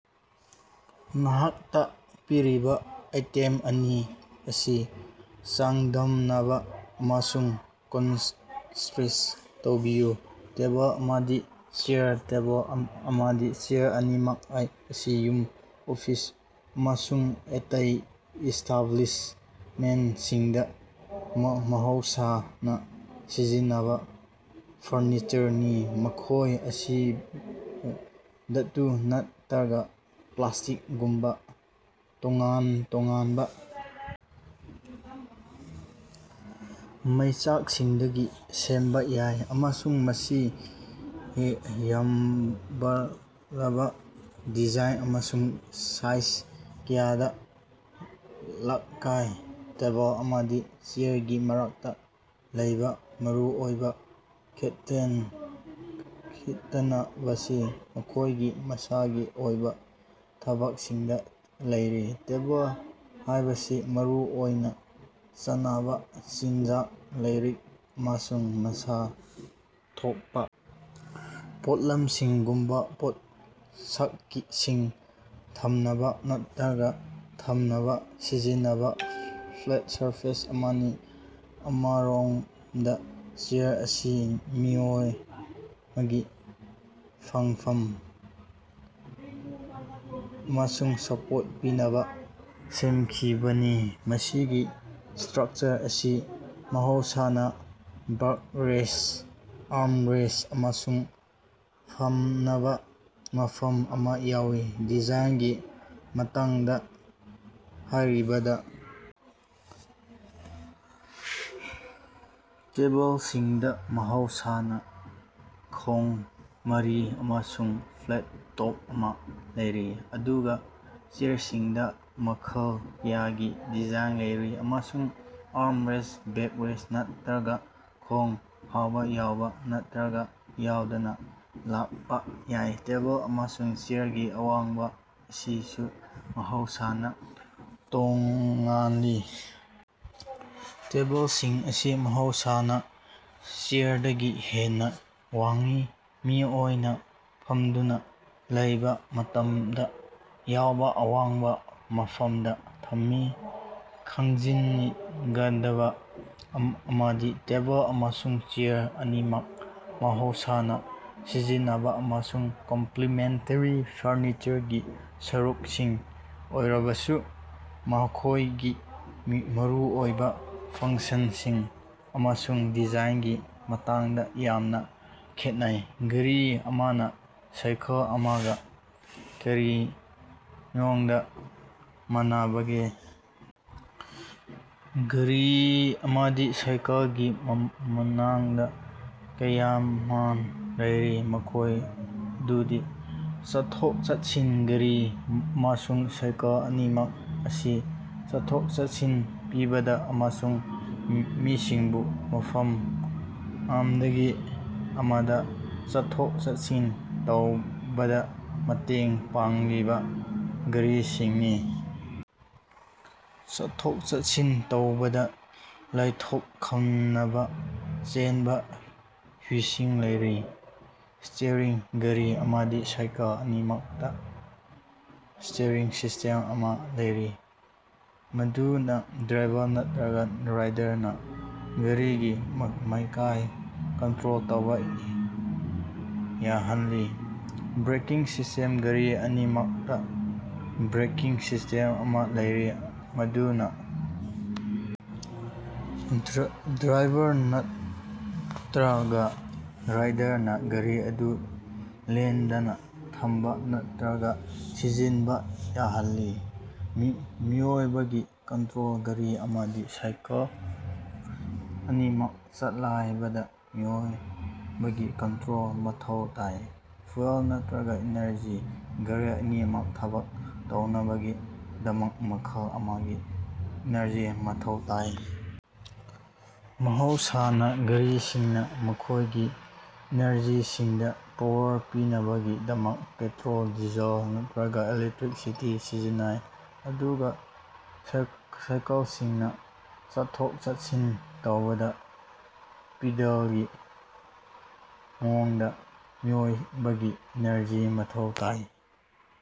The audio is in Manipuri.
ꯃꯈꯥꯗ ꯄꯤꯔꯤꯕ ꯑꯥꯏꯇꯦꯝ ꯑꯅꯤ ꯑꯁꯤ ꯆꯥꯡꯗꯝꯅ ꯑꯃꯁꯨꯡ ꯀꯟꯇꯔꯦꯁ꯭ꯠ ꯇꯧꯕ꯫ ꯇꯦꯕꯜ ꯑꯃꯁꯨꯡ ꯆꯦꯌꯥꯔ꯫ ꯇꯦꯕꯜ ꯑꯃꯁꯨꯡ ꯆꯦꯌꯥꯔ ꯑꯅꯤꯃꯛ ꯑꯁꯤ ꯌꯨꯝ, ꯑꯣꯐꯤꯁ ꯑꯃꯁꯨꯡ ꯑꯇꯩ ꯏꯁ꯭ꯇꯥꯕ꯭ꯂꯤꯁꯃꯦꯟꯁꯤꯡꯗ ꯃꯍꯧꯁꯥꯅ ꯁꯤꯖꯤꯟꯅꯕ ꯐꯔꯅꯤꯆꯔꯅꯤ꯫ ꯃꯈꯣꯏ ꯑꯁꯤ ꯎ, ꯙꯥꯇꯨ, ꯅꯠꯇ꯭ꯔꯒ ꯄ꯭ꯂꯥꯁꯇꯤꯛꯒꯨꯝꯕ ꯇꯣꯉꯥꯟ ꯇꯣꯉꯥꯟꯕ ꯃꯆꯥꯛꯁꯤꯡꯗꯒꯤ ꯁꯦꯝꯕ ꯌꯥꯏ ꯑꯃꯁꯨꯡ ꯃꯁꯤꯡ ꯌꯥꯝꯂꯕ ꯗꯤꯖꯥꯏꯟ ꯑꯃꯁꯨꯡ ꯁꯥꯏꯖ ꯀꯌꯥꯗ ꯂꯥꯛꯏ꯫ ꯇꯦꯕꯜ ꯑꯃꯗꯤ ꯆꯦꯌꯥꯔꯒꯤ ꯃꯔꯛꯇ ꯂꯩꯕ ꯃꯔꯨꯑꯣꯏꯕ ꯈꯦꯠꯅꯕ ꯑꯁꯤ ꯃꯈꯣꯏꯒꯤ ꯃꯁꯥꯒꯤ ꯑꯣꯏꯕ ꯊꯕꯛꯁꯤꯡꯗ ꯂꯩ꯫ ꯇꯦꯕꯜ ꯍꯥꯏꯕꯁꯤ ꯃꯔꯨꯑꯣꯏꯅ ꯆꯥꯅꯕ ꯆꯤꯟꯖꯥꯛ, ꯂꯥꯏꯔꯤꯛ, ꯑꯃꯁꯨꯡ ꯃꯁꯛ ꯊꯣꯛꯄ ꯄꯣꯠꯂꯝꯁꯤꯡꯒꯨꯝꯕ ꯄꯣꯠꯁꯛꯁꯤꯡ ꯊꯝꯅꯕ ꯅꯠꯇꯔꯒ ꯊꯝꯅꯕ ꯁꯤꯖꯤꯟꯅꯕ ꯐ꯭ꯂꯦꯠ ꯁꯔꯐꯦꯁ ꯑꯃꯅꯤ꯫ ꯑꯃꯔꯣꯝꯗ, ꯆꯦꯌꯥꯔ ꯑꯁꯤ ꯃꯤꯑꯣꯏ ꯑꯃꯒꯤ ꯐꯝꯐꯝ ꯑꯃꯁꯨꯡ ꯁꯄꯣꯔꯠ ꯄꯤꯅꯕ ꯁꯦꯝꯈꯤꯕꯅꯤ, ꯃꯁꯤꯒꯤ ꯁ꯭ꯇꯔꯛꯆꯔ ꯑꯁꯤ ꯃꯍꯧꯁꯥꯅ ꯕꯦꯛꯔꯦꯁ꯭ꯠ, ꯑꯥꯔ꯭ꯝꯔꯦꯁ꯭ꯠ ꯑꯃꯁꯨꯡ ꯐꯝꯅꯕ ꯃꯐꯝ ꯑꯃ ꯌꯥꯎꯏ꯫ ꯗꯤꯖꯥꯏꯟꯒꯤ ꯃꯇꯥꯡꯗ ꯍꯥꯏꯔꯕꯗ, ꯇꯦꯕꯜꯁꯤꯡꯗ ꯃꯍꯧꯁꯥꯅ ꯈꯣꯡ ꯃꯔꯤ ꯑꯃꯁꯨꯡ ꯐ꯭ꯂꯦꯠ ꯇꯞ ꯑꯃꯥ ꯂꯩ, ꯑꯗꯨꯒ ꯆꯦꯌꯥꯔꯁꯤꯡꯗ ꯃꯈꯜ ꯀꯌꯥꯒꯤ ꯗꯤꯖꯥꯏꯟ ꯂꯩ ꯑꯃꯁꯨꯡ ꯑꯥꯔ꯭ꯝꯔꯦꯁ꯭ꯠ, ꯕꯦꯛꯔꯦꯁ꯭ꯠ ꯅꯠꯇ꯭ꯔꯒ ꯈꯣꯡ ꯐꯥꯎꯕ ꯌꯥꯎꯕ ꯅꯠꯇ꯭ꯔꯒ ꯌꯥꯎꯗꯅ ꯂꯥꯛꯄ ꯌꯥꯏ꯫ ꯇꯦꯕꯜ ꯑꯃꯁꯨꯡ ꯆꯦꯌꯥꯔꯒꯤ ꯑꯋꯥꯡꯕ ꯑꯁꯤꯁꯨ ꯃꯍꯧꯁꯥꯅ ꯇꯣꯉꯥꯜꯂꯤ; ꯇꯦꯕꯜꯁꯤꯡ ꯑꯁꯤ ꯃꯍꯧꯁꯥꯅ ꯆꯦꯌꯥꯔꯗꯒꯤ ꯍꯦꯟꯅ ꯋꯥꯡꯏ, ꯃꯤꯑꯣꯏ ꯑꯃꯅ ꯐꯝꯗꯨꯅ ꯂꯩꯕꯥ ꯃꯇꯝꯗ ꯌꯧꯕ ꯌꯥꯕ ꯑꯋꯥꯡꯕ ꯃꯐꯝꯗ ꯊꯝꯃꯤ꯫ ꯈꯪꯖꯤꯟꯒꯗꯕ ꯑꯃꯅ, ꯇꯦꯕꯜ ꯑꯃꯁꯨꯡ ꯆꯦꯌꯥꯔ ꯑꯅꯤꯃꯛ ꯑꯁꯤ ꯃꯍꯧꯁꯥꯅ ꯁꯤꯖꯤꯟꯅꯕ ꯑꯃꯁꯨꯡ ꯄꯣꯇꯦꯟꯁꯤꯑꯦꯜ ꯀꯝꯄꯂꯤꯃꯦꯟꯇꯦꯔꯤ ꯑꯣꯏꯕ ꯐꯔꯅꯤꯆꯔꯒꯤ ꯁꯔꯨꯛꯁꯤꯡ ꯑꯣꯏꯔꯕꯁꯨ, ꯃꯈꯣꯏꯒꯤ ꯃꯔꯨꯑꯣꯏꯕ ꯐꯪꯁꯟꯁꯤꯡ ꯑꯃꯁꯨꯡ ꯗꯤꯖꯥꯏꯟꯒꯤ ꯃꯇꯥꯡꯗ ꯌꯥꯝꯅ ꯈꯦꯠꯅꯩ꯫ ꯒꯥꯔꯤ ꯑꯃꯅ ꯁꯥꯏꯀꯜ ꯑꯃꯒ ꯀꯔꯤ ꯃꯑꯣꯡꯗ ꯃꯥꯟꯅꯕꯒꯦ? ꯒꯥꯔꯤ ꯑꯃꯗꯤ ꯁꯥꯏꯀꯜ ꯑꯃꯒ ꯃꯥꯟꯅꯕ ꯀꯌꯥ ꯂꯩ, ꯃꯈꯣꯏ ꯑꯗꯨꯗꯤ: ꯆꯠꯊꯣꯛ-ꯆꯠꯁꯤꯟ: ꯒꯥꯔꯤ ꯑꯃꯁꯨꯡ ꯁꯥꯏꯀꯜ ꯑꯅꯤꯃꯛ ꯑꯁꯤ ꯆꯠꯊꯣꯛ ꯆꯠꯁꯤꯟ ꯄꯤꯕ ꯑꯃꯁꯨꯡ ꯃꯤꯁꯤꯡꯕꯨ ꯃꯐꯝ ꯑꯃꯗꯒꯤ ꯑꯃꯗ ꯆꯠꯊꯣꯛ ꯆꯠꯁꯤꯟ ꯇꯧꯕꯗ ꯃꯇꯦꯡ ꯄꯥꯡꯂꯤꯕ ꯒꯥꯔꯤꯁꯤꯡꯅꯤ꯫ ꯍꯨꯏꯁꯤꯡ: ꯒꯥꯔꯤ ꯑꯅꯤꯃꯛꯇ ꯃꯈꯣꯏꯒꯤ ꯆꯠꯊꯣꯛ-ꯆꯠꯁꯤꯟ ꯇꯧꯕꯗ ꯂꯥꯏꯊꯣꯛꯈꯟꯅꯕ ꯆꯦꯟꯕ ꯍꯨꯏꯁꯤꯡ ꯂꯩ꯫ ꯁ꯭ꯇꯤꯌꯔꯤꯡ: ꯒꯥꯔꯤ ꯑꯃꯗꯤ ꯁꯥꯏꯀꯜ ꯑꯅꯤꯃꯛꯇ ꯁ꯭ꯇꯤꯌꯔꯤꯡ ꯁꯤꯁ꯭ꯇꯦꯝ ꯑꯃꯥ ꯂꯩ, ꯃꯗꯨꯅ ꯗ꯭ꯔꯥꯏꯚꯔ ꯅꯠꯇꯔꯒ ꯔꯥꯏꯗꯔꯅ ꯒꯥꯔꯤꯒꯤ ꯃꯥꯏꯀꯩ ꯀꯟꯇꯔꯣꯜ ꯇꯧꯕ ꯌꯥꯍꯜꯂꯤ꯫ ꯕ꯭ꯔꯦꯀꯤꯡ ꯁꯤꯁ꯭ꯇꯦꯝ: ꯒꯥꯔꯤ ꯑꯅꯤꯃꯛꯇ ꯕ꯭ꯔꯦꯀꯤꯡ ꯁꯤꯁ꯭ꯇꯦꯝ ꯑꯃꯥ ꯂꯩ, ꯃꯗꯨꯅ ꯗ꯭ꯔꯥꯏꯚꯔ ꯅꯠꯇꯔꯒ ꯔꯥꯏꯗꯔꯅ ꯒꯥꯔꯤ ꯑꯗꯨ ꯂꯦꯡꯗꯅ ꯊꯝꯕ ꯅꯠꯇꯔꯒ ꯊꯤꯡꯖꯤꯟꯕ ꯌꯥꯍꯜꯂꯤ꯫ ꯃꯤꯑꯣꯏꯕꯒꯤ ꯀꯟꯇ꯭ꯔꯣꯜ: ꯒꯥꯔꯤ ꯑꯃꯗꯤ ꯁꯥꯏꯀꯜ ꯑꯅꯤꯃꯛ ꯆꯂꯥꯏꯕꯗ ꯃꯤꯑꯣꯏꯕꯒꯤ ꯀꯟꯇꯔꯣꯜ ꯃꯊꯧ ꯇꯥꯏ꯫ ꯐ꯭ꯌꯨꯑꯦꯜ ꯅꯠꯇꯔꯒ ꯑꯦꯅꯔꯖꯤ: ꯒꯥꯔꯤ ꯑꯅꯤꯃꯛ ꯊꯕꯛ ꯇꯧꯅꯕꯒꯤꯗꯃꯛ ꯃꯈꯜ ꯑꯃꯒꯤ ꯏꯅꯔꯖꯤ ꯃꯊꯧ ꯇꯥꯏ꯫ ꯃꯍꯧꯁꯥꯅ ꯒꯥꯔꯤꯁꯤꯡꯅ ꯃꯈꯣꯏꯒꯤ ꯏꯟꯖꯤꯟꯁꯤꯡꯗ ꯄꯥꯋꯔ ꯄꯤꯅꯕꯒꯤꯗꯃꯛ ꯄꯦꯇꯔꯣꯜ, ꯗꯤꯖꯦꯜ ꯅꯠꯇꯔꯒ ꯏꯂꯦꯛꯇ꯭ꯔꯤꯁꯤꯇꯤ ꯁꯤꯖꯤꯟꯅꯩ, ꯑꯗꯨꯒ ꯁꯥꯏꯀꯜꯁꯤꯡꯅ ꯆꯠꯊꯣꯛ-ꯆꯠꯁꯤꯟ ꯇꯧꯕꯗ ꯄꯦꯗꯜꯒꯤ ꯃꯑꯣꯡꯗ ꯃꯤꯑꯣꯏꯕꯒꯤ ꯏꯅꯔꯖꯤ ꯃꯊꯧ ꯇꯥꯏ꯫